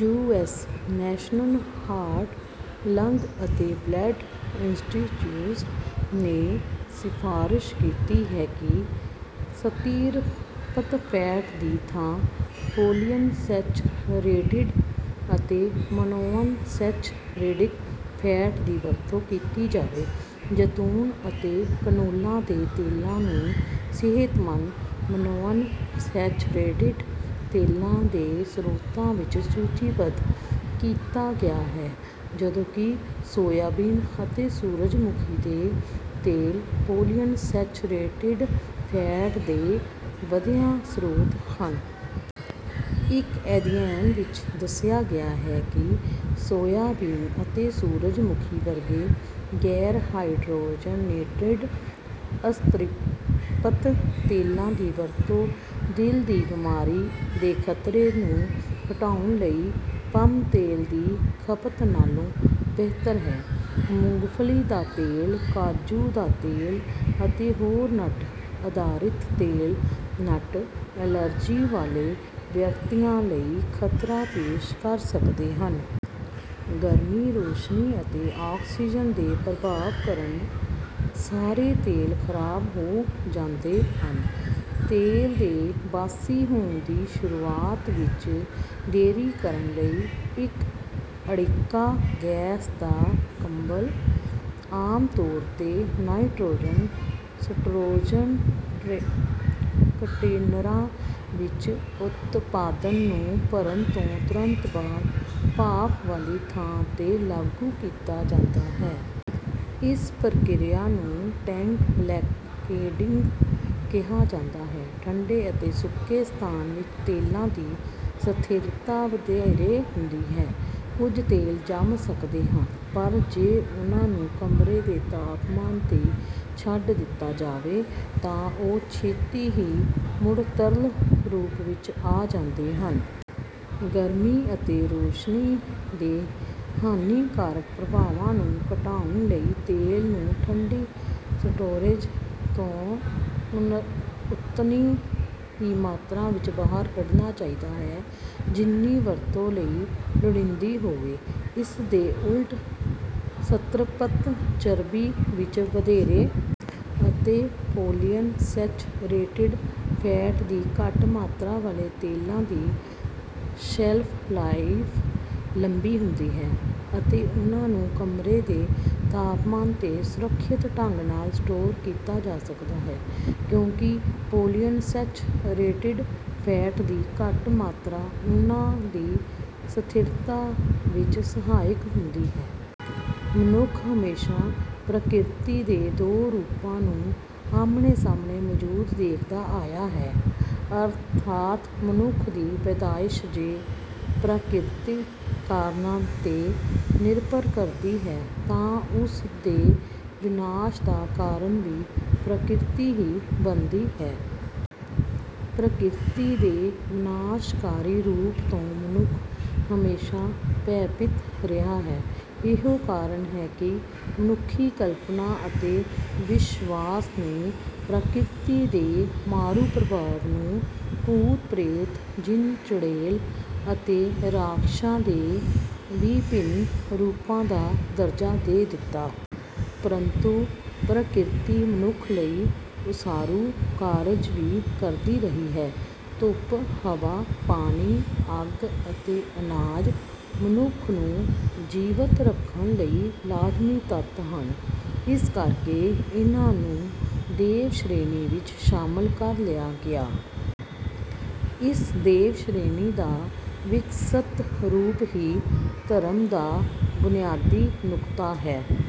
US National Heart, Lung and Blood Institute ਨੇ ਸਿਫ਼ਾਰਸ਼ ਕੀਤੀ ਹੈ ਕਿ ਸੰਤ੍ਰਿਪਤ ਫੈਟ ਦੀ ਥਾਂ ਪੌਲੀਅਨਸੈਚੁਰੇਟਿਡ ਅਤੇ ਮੋਨੋਅਨਸੈਚੁਰੇਟਿਡ ਫੈਟ ਦੀ ਵਰਤੋਂ ਕੀਤੀ ਜਾਵੇ। ਜੈਤੂਨ ਅਤੇ ਕੈਨੋਲਾ ਦੇ ਤੇਲਾਂ ਨੂੰ ਸਿਹਤਮੰਦ ਮੋਨੋਅਨਸੈਚੁਰੇਟਿਡ ਤੇਲਾਂ ਦੇ ਸਰੋਤਾਂ ਵਜੋਂ ਸੂਚੀਬੱਧ ਕੀਤਾ ਗਿਆ ਹੈ, ਜਦੋਂਕਿ ਸੋਇਆਬੀਨ ਅਤੇ ਸੂਰਜਮੁਖੀ ਦੇ ਤੇਲ ਪੌਲੀਅਨਸੈਚੁਰੇਟਿਡ ਫੈਟ ਦੇ ਵਧੀਆ ਸਰੋਤ ਹਨ। ਇੱਕ ਅਧਿਐਨ ਵਿੱਚ ਦੱਸਿਆ ਗਿਆ ਹੈ ਕਿ ਸੋਇਆਬੀਨ ਅਤੇ ਸੂਰਜਮੁਖੀ ਵਰਗੇ ਗੈਰ-ਹਾਈਡਰੋਜਨੇਟਿਡ ਅਸੰਤ੍ਰਿਪਤ ਤੇਲਾਂ ਦੀ ਵਰਤੋਂ ਦਿਲ ਦੀ ਬਿਮਾਰੀ ਦੇ ਖ਼ਤਰੇ ਨੂੰ ਘਟਾਉਣ ਲਈ ਪਾਮ ਤੇਲ ਦੀ ਖਪਤ ਨਾਲੋਂ ਬਿਹਤਰ ਹੈ। ਮੂੰਗਫਲੀ ਦਾ ਤੇਲ, ਕਾਜੂ ਦਾ ਤੇਲ ਅਤੇ ਹੋਰ ਨਟ-ਆਧਾਰਿਤ ਤੇਲ ਨਟ ਐਲਰਜੀ ਵਾਲੇ ਵਿਅਕਤੀਆਂ ਲਈ ਖ਼ਤਰਾ ਪੇਸ਼ ਕਰ ਸਕਦੇ ਹਨ। ਗਰਮੀ, ਰੌਸ਼ਨੀ ਅਤੇ ਆਕਸੀਜਨ ਦੇ ਪ੍ਰਭਾਵ ਕਾਰਨ ਸਾਰੇ ਤੇਲ ਖ਼ਰਾਬ ਹੋ ਜਾਂਦੇ ਹਨ। ਤੇਲ ਦੇ ਬਾਸੀ ਹੋਣ ਦੀ ਸ਼ੁਰੂਆਤ ਵਿੱਚ ਦੇਰੀ ਕਰਨ ਲਈ, ਇੱਕ ਅੜਿੱਕਾ ਗੈਸ ਦਾ ਕੰਬਲ, ਆਮ ਤੌਰ ’ਤੇ ਨਾਈਟ੍ਰੋਜਨ, ਸਟੋਰੇਜ ਕੰਟੇਨਰਾਂ ਵਿੱਚ ਉਤਪਾਦ ਨੂੰ ਭਰਨ ਤੋਂ ਤੁਰੰਤ ਬਾਅਦ ਭਾਫ਼ ਵਾਲੀ ਥਾਂ ’ਤੇ ਲਾਗੂ ਕੀਤਾ ਜਾਂਦਾ ਹੈ। ਇਸ ਪ੍ਰਕਿਰਿਆ ਨੂੰ ‘ਟੈਂਕ ਬਲੈਂਕੇਟਿੰਗ’ ਕਿਹਾ ਜਾਂਦਾ ਹੈ। ਠੰਢੇ ਅਤੇ ਸੁੱਕੇ ਸਥਾਨ ਵਿੱਚ ਤੇਲਾਂ ਦੀ ਸਥਿਰਤਾ ਵਧੇਰੇ ਹੁੰਦੀ ਹੈ। ਕੁਝ ਤੇਲ ਜੰਮ ਸਕਦੇ ਹਨ, ਪਰ ਜੇ ਉਨ੍ਹਾਂ ਨੂੰ ਕਮਰੇ ਦੇ ਤਾਪਮਾਨ ’ਤੇ ਛੱਡ ਦਿੱਤਾ ਜਾਵੇ ਤਾਂ ਉਹ ਛੇਤੀ ਹੀ ਮੁੜ ਤਰਲ ਰੂਪ ਵਿੱਚ ਆ ਜਾਂਦੇ ਹਨ। ਗਰਮੀ ਅਤੇ ਰੌਸ਼ਨੀ ਦੇ ਹਾਨੀਕਾਰਕ ਪ੍ਰਭਾਵਾਂ ਨੂੰ ਘਟਾਉਣ ਲਈ ਤੇਲ ਨੂੰ ਠੰਢੀ ਸਟੋਰੇਜ ਤੋਂ ਉਤਨੀ ਹੀ ਮਾਤਰਾ ਵਿੱਚ ਬਾਹਰ ਕੱਢਣਾ ਚਾਹੀਦਾ ਹੈ, ਜਿੰਨੀ ਵਰਤੋਂ ਲਈ ਲੋੜੀਂਦੀ ਹੋਵੇ। ਇਸਦੇ ਉਲਟ, ਸੰਤ੍ਰਿਪਤ ਚਰਬੀ ਵਿੱਚ ਵਧੇਰੇ ਅਤੇ ਪੌਲੀਅਨਸੈਚੁਰੇਟਿਡ ਫੈਟ ਦੀ ਘੱਟ ਮਾਤਰਾ ਵਾਲੇ ਤੇਲਾਂ ਦੀ ਸ਼ੈਲਫ ਲਾਈਫ ਲੰਬੀ ਹੁੰਦੀ ਹੈ ਅਤੇ ਉਨ੍ਹਾਂ ਨੂੰ ਕਮਰੇ ਦੇ ਤਾਪਮਾਨ ’ਤੇ ਸੁਰੱਖਿਅਤ ਢੰਗ ਨਾਲ ਸਟੋਰ ਕੀਤਾ ਜਾ ਸਕਦਾ ਹੈ, ਕਿਉਂਕਿ ਪੌਲੀਅਨਸੈਚੁਰੇਟਿਡ ਫੈਟ ਦੀ ਘੱਟ ਮਾਤਰਾ ਉਨ੍ਹਾਂ ਦੀ ਸਥਿਰਤਾ ਵਿੱਚ ਸਹਾਇਕ ਹੁੰਦੀ ਹੈ। ਮਨੁੱਖ ਹਮੇਸ਼ਾਂ ਪ੍ਰਕਿਰਤੀ ਦੇ ਦੋ ਰੂਪਾਂ ਨੂੰ ਆਪਣੇ ਸਾਹਮਣੇ ਮੌਜੂਦ ਦੇਖਦਾ ਆਇਆ ਹੈ, ਅਰਥਾਤ, ਮਨੁੱਖ ਦੀ ਪੈਦਾਇਸ਼ ਜੇ ਪ੍ਰਾਕਿਰਤਿਕ ਕਾਰਨਾਂ ’ਤੇ ਨਿਰਭਰ ਕਰਦੀ ਹੈ ਤਾਂ ਉਸ ਦੇ ਵਿਨਾਸ਼ ਦਾ ਕਾਰਨ ਵੀ ਪ੍ਰਕਿਰਤੀ ਹੀ ਬਣਦੀ ਹੈ। ਪ੍ਰਕਿਰਤੀ ਦੇ ਵਿਨਾਸ਼ਕਾਰੀ ਰੂਪ ਤੋਂ ਮਨੁੱਖ ਹਮੇਸ਼ਾਂ ਭੈਭੀਤ ਰਿਹਾ ਹੈ। ਇਹੋ ਕਾਰਨ ਹੈ ਕਿ ਮਨੁੱਖੀ ਕਲਪਨਾ ਅਤੇ ਵਿਸ਼ਵਾਸ ਨੇ ਪ੍ਰਕਿਰਤੀ ਦੇ ਮਾਰੂ ਪ੍ਰਭਾਵ ਨੂੰ ਭੂਤ, ਪ੍ਰੇਤ, ਜਿੰਨ, ਚੁੜੇਲ ਅਤੇ ਰਾਖਸ਼ਾਂ ਦੇ ਵਿਭਿੰਨ ਰੂਪਾਂ ਦਾ ਦਰਜਾ ਦੇ ਦਿੱਤਾ। ਪਰੰਤੂ ਪ੍ਰਕਿਰਤੀ ਮਨੁੱਖ ਲਈ ਉਸਾਰੂ ਕਾਰਜ ਵੀ ਕਰਦੀ ਰਹੀ ਹੈ। ਧੁੱਪ, ਹਵਾ, ਪਾਣੀ, ਅੱਗ ਅਤੇ ਅਨਾਜ ਮਨੁੱਖ ਨੂੰ ਜੀਵਤ ਰੱਖਣ ਲਈ ਲਾਜ਼ਮੀ ਤੱਤ ਹਨ। ਇਸ ਕਰਕੇ ਇਨ੍ਹਾਂ ਨੂੰ ‘ਦੇਵ’ ਸ਼੍ਰੇਣੀ ਵਿੱਚ ਸ਼ਾਮਲ ਕਰ ਲਿਆ ਗਿਆ। ਇਸ ‘ਦੇਵ’ ਸ਼੍ਰੇਣੀ ਦਾ ਵਿਕਸਤ ਰੂਪ ਹੀ ਧਰਮ ਦਾ ਬੁਨਿਆਦੀ ਨੁਕਤਾ ਹੈ।